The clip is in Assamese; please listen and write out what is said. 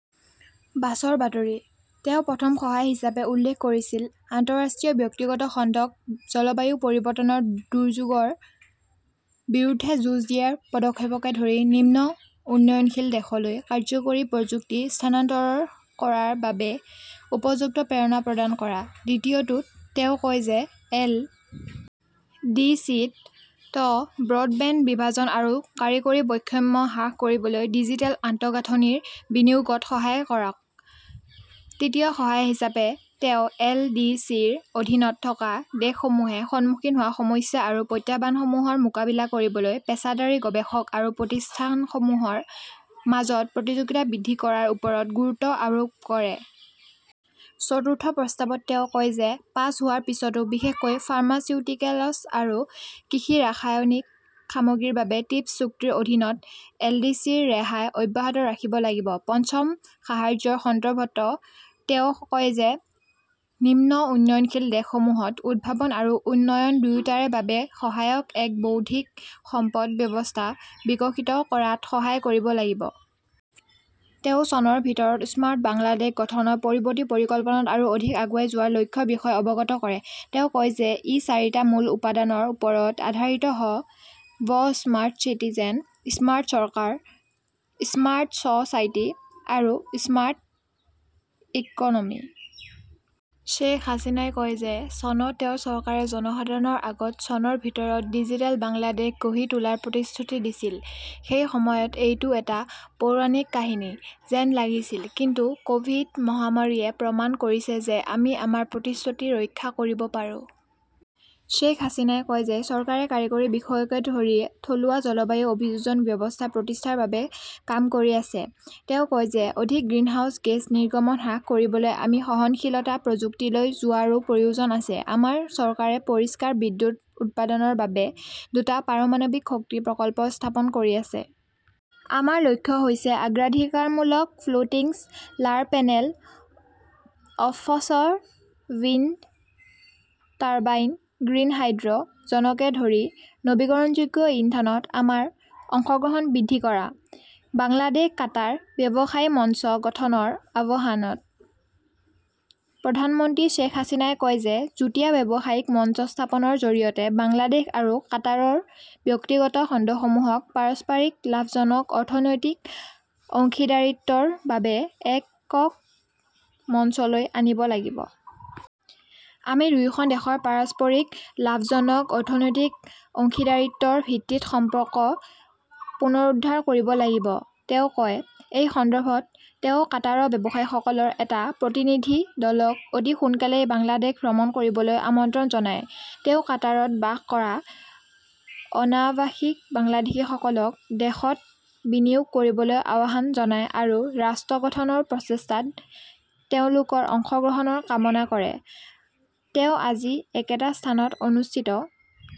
বাছৰ বাতৰি। তেওঁ প্ৰথম সহায় হিচাপে উল্লেখ কৰিছিল, আন্তঃৰাষ্ট্ৰীয় ব্যক্তিগত খণ্ডক জলবায়ু পৰিৱৰ্তনৰ দুৰ্যোগৰ বিৰুদ্ধে যুঁজ দিয়াৰ পদক্ষেপকে ধৰি নিম্ন উন্নয়নশীল দেশলৈ কাৰ্য্যকৰী প্ৰযুক্তি স্থানান্তৰ কৰাৰ বাবে উপযুক্ত প্ৰেৰণা প্ৰদান কৰা। দ্বিতীয়টোত তেওঁ কয় যে এল. ডি. চি. -ত ব্ৰডবেণ্ড বিভাজন আৰু কাৰিকৰী বৈষম্য হ্ৰাস কৰিবলৈ ডিজিটেল আন্তঃগাঁথনিৰ বিনিয়োগত সহায় কৰক। তৃতীয় সহায় হিচাপে তেওঁ এল. ডি. চি. -ৰ অধীনত থকা দেশসমূহে সন্মুখীন হোৱা সমস্যা আৰু প্ৰত্যাহ্বানসমূহৰ মোকাবিলা কৰিবলৈ পেছাদাৰী গৱেষক আৰু প্ৰতিষ্ঠানসমূহৰ মাজত সহযোগিতা বৃদ্ধি কৰাৰ ওপৰত গুৰুত্ব আৰোপ কৰে। চতুৰ্থ প্ৰস্তাৱত তেওঁ কয় যে পাছ হোৱাৰ পিছতো বিশেষকৈ ফাৰ্মাচিউটিকেলছ আৰু কৃষি-ৰাসায়নিক সামগ্ৰীৰ বাবে ট্ৰিপছ চুক্তিৰ অধীনত এলডিচিৰ ৰেহাই অব্যাহত ৰাখিব লাগিব। পঞ্চম সাহায্যৰ সন্দৰ্ভত তেওঁ কয় যে নিম্ন উন্নয়নশীল দেশসমূহত উদ্ভাৱন আৰু উন্নয়ন দুয়োটাৰে বাবে সহায়ক এক বৌদ্ধিক সম্পদ ব্যৱস্থা বিকশিত কৰাত সহায় কৰিব লাগিব। তেওঁ চনৰ ভিতৰত 'স্মাৰ্ট বাংলাদেশ "গঠনৰ পৰৱৰ্তী পৰিকল্পনাত আৰু অধিক আগুৱাই যোৱাৰ লক্ষ্যৰ বিষয়ে অৱগত কৰে। তেওঁ কয় যে ই চাৰিটা মূল উপাদানৰ ওপৰত আধাৰিত হ "ব-স্মাৰ্ট চিটিজেন, স্মাৰ্ট চৰকাৰ, স্মাৰ্ট ছ" চাইটি আৰু স্মাৰ্ট ইকনমি। শ্বেখ হাছিনাই কয় যে চনত তেওঁৰ চৰকাৰে জনসাধাৰণৰ আগত চনৰ ভিতৰত 'ডিজিটেল বাংলাদেশ "গঢ়ি তোলাৰ প্ৰতিশ্ৰুতি দিছিল। সেই সময়ত এইটো এটা 'পৌৰাণিক কাহিনী "যেন লাগিছিল। কিন্তু ক "ভিড- মহামাৰীয়ে প্ৰমাণ কৰিছে যে আমি আমাৰ প্ৰতিশ্ৰুতি ৰক্ষা কৰিব পাৰোঁ। শ্বেখ হাছিনাই কয় যে চৰকাৰে কাৰিকৰী বিষয়কে ধৰি থলুৱা জলবায়ু অভিযোজন ব্যৱস্থা প্ৰতিষ্ঠাৰ বাবে কাম কৰি আছে। তেওঁ কয় যে অধিক গ্ৰীণহাউছ গেছ নিৰ্গমন হ্ৰাস কৰিবলৈ আমি সহনশীলতা প্ৰযুক্তিলৈ যোৱাৰো প্ৰয়োজন আছে। আমাৰ চৰকাৰে পৰিষ্কাৰ বিদ্যুৎ উৎপাদনৰ বাবে দুটা পাৰমাণৱিক শক্তি প্ৰকল্প স্থাপন কৰি আছে। আমাৰ লক্ষ্য হৈছে অগ্ৰাধিকাৰমূলক floating "solar panel, offshore wind turbine, green হাইড্ৰ "জেনকে ধৰি নৱীকৰণযোগ্য ইন্ধনত আমাৰ অংশগ্ৰহণ বৃদ্ধি কৰা। বাংলাদেশ-কাটাৰ ব্যৱসায়ী মঞ্চ গঠনৰ আহ্বানঃ প্ৰধানমন্ত্ৰী শ্বেখ হাছিনাই কয় যে যুটীয়া ব্যৱসায়িক মঞ্চ স্থাপনৰ জৰিয়তে বাংলাদেশ আৰু কাটাৰৰ ব্যক্তিগত খণ্ডসমূহক পাৰস্পৰিক লাভজনক অৰ্থনৈতিক অংশীদাৰিত্বৰ বাবে একক মঞ্চলৈ আনিব লাগিব। "আমি দুয়োখন দেশৰ পাৰস্পৰিক লাভজনক অৰ্থনৈতিক অংশীদাৰিত্বৰ ভিত্তিত সম্পৰ্ক পুনৰুদ্ধাৰ কৰিব লাগিব", তেওঁ কয়। এই সন্দৰ্ভত তেওঁ কাটাৰৰ ব্যৱসায়ীসকলৰ এটা প্ৰতিনিধি দলক অতি সোনকালেই বাংলাদেশ ভ্ৰমণ কৰিবলৈ আমন্ত্ৰণ জনায়। তেওঁ কাটাৰত বাস কৰা অনাবাসিক বাংলাদেশীসকলক দেশত বিনিয়োগ কৰিবলৈ আহ্বান জনায় আৰু ৰাষ্ট্ৰ গঠনৰ প্ৰচেষ্টাত তেওঁলোকৰ অংশগ্ৰহণৰ কামনা কৰে। তেওঁ আজি একেটা স্থানত অনুষ্ঠিত